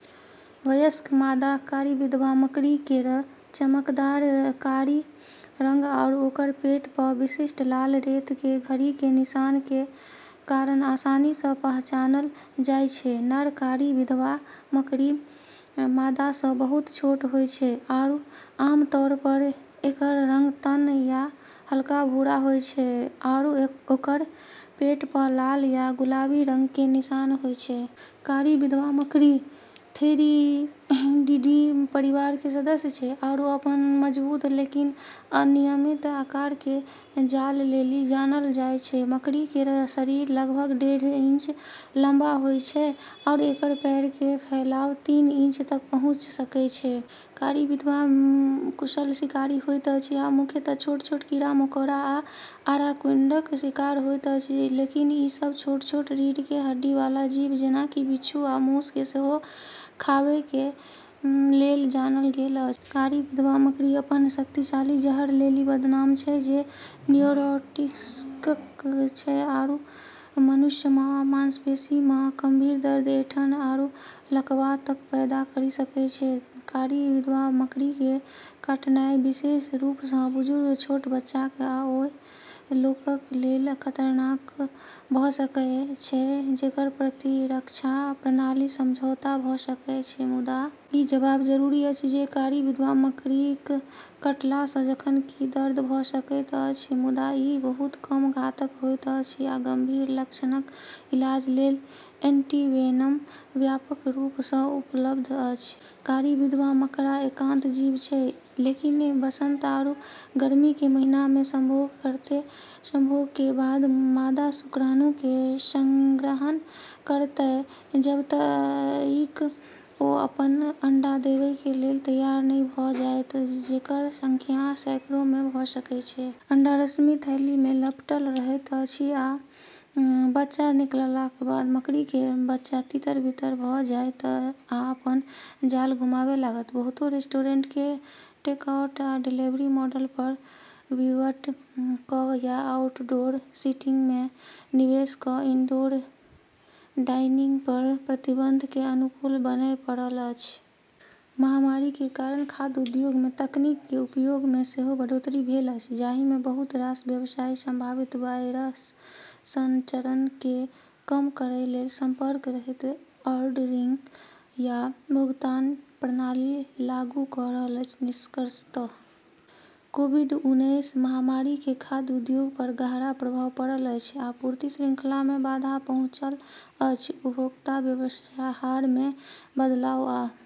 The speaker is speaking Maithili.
वयस्क मादा कारी विधवा मकड़ी केरऽ चमकदार कारी रंग आरू ओकरऽ पेट पऽ विशिष्ट लाल रेत के घड़ी के निशान के कारण आसानी सऽ पहचानलऽ जाय छै। नर कारी विधवा मकड़ी मादा सऽ बहुत छोटऽ होय छै आरू आम तौर पर एकरऽ रंग तन या हल्का भूरा होय छै आरू ओकरऽ पेट प॑ लाल या गुलाबी रंग के निशान होय छै। कारी विधवा मकड़ी थेरिडीडी परिवार के सदस्य छै आरू अपनऽ मजबूत, लेकिन अनियमित आकार के जाल लेली जानलऽ जाय छै। मकड़ी केरऽ शरीर लगभग डेढ़ इंच लम्बा होय छै, आरू एकरऽ पैर केरऽ फैलाव तीन इंच तक पहुँची सकै छै। कारी विधवा कुशल शिकारी होइत अछि आ मुख्यतः छोट-छोट कीड़ा-मकोड़ा आ अराक्निडक शिकार होइत अछि। लेकिन ई सब छोट-छोट रीढ़ के हड्डी वाला जीव जेना कि बिच्छू आ मूस के सेहो खाबै के लेल जानल गेल अछि। कारी विधवा मकड़ी अपनऽ शक्तिशाली जहर लेली बदनाम छै, जे न्यूरोटॉक्सिक छै, आरू मनुष्य मऽ मांसपेशी मऽ गंभीर दर्द, ऐंठन, आरू लकवा तक पैदा करी सकै छै। कारी विधवा मकड़ी के काटनाय विशेष रूप सऽ बुजुर्ग, छोट बच्चाक आ ओय लोगक लेल खतरनाक भ सकएय छै, जेकर प्रतिरक्षा प्रणाली समझौता भऽ सकएय छै ।मुदा, ई जानब जरूरी अछि जे कारी विधवा मकड़ीक काटला सऽ जखन कि दर्द भऽ सकैत अछि, मुदा ई बहुत कम घातक होइत अछि, आ गंभीर लक्षणक इलाज लेल एंटीवेनम व्यापक रूप सऽ उपलब्ध अछि। कारी विधवा मकड़ा एकांत जीव छै, लेकिन वसंत आरू गर्मी के महीना में संभोग करतै। संभोग के बाद मादा शुक्राणु के संग्रहण करतय, जब तइक ओ अपन अंडा देवय के लेल तैयार नहि भ जायत, जेकर संख्या सैकड़ों मे भ सकय छै। अंडा रेशमी थैली मे लपेटल रहैत अछि आ बच्चा निकलला पर मकड़ी के बच्चा तितर-बितर भ जायत आ अपन जाल घुमाबय लागत। बहुतो रेस्टोरेंट के टेकआउट आ डिलीवरी मॉडल पर पिवट क या आउटडोर सीटिंग में निवेश क इनडोर डाइनिंग पर प्रतिबंध के अनुकूल बनय पड़ल अछि। महामारी के कारण खाद्य उद्योग मे तकनीक के उपयोग मे सेहो बढ़ोतरी भेल अछि, जाहि मे बहुत रास व्यवसायी संभावित वायरस संचरण के कम करय लेल संपर्क रहित ऑर्डरिंग आ भुगतान प्रणाली लागू क रहल अछि ।निष्कर्षतः कोविड-उनैस महामारी के खाद्य उद्योग पर गहरा प्रभाव पड़ल अछि, आपूर्ति श्रृंखला में बाधा पहुंचल अछि, उपभोक्ता व्यवहार में बदलाव, आ ।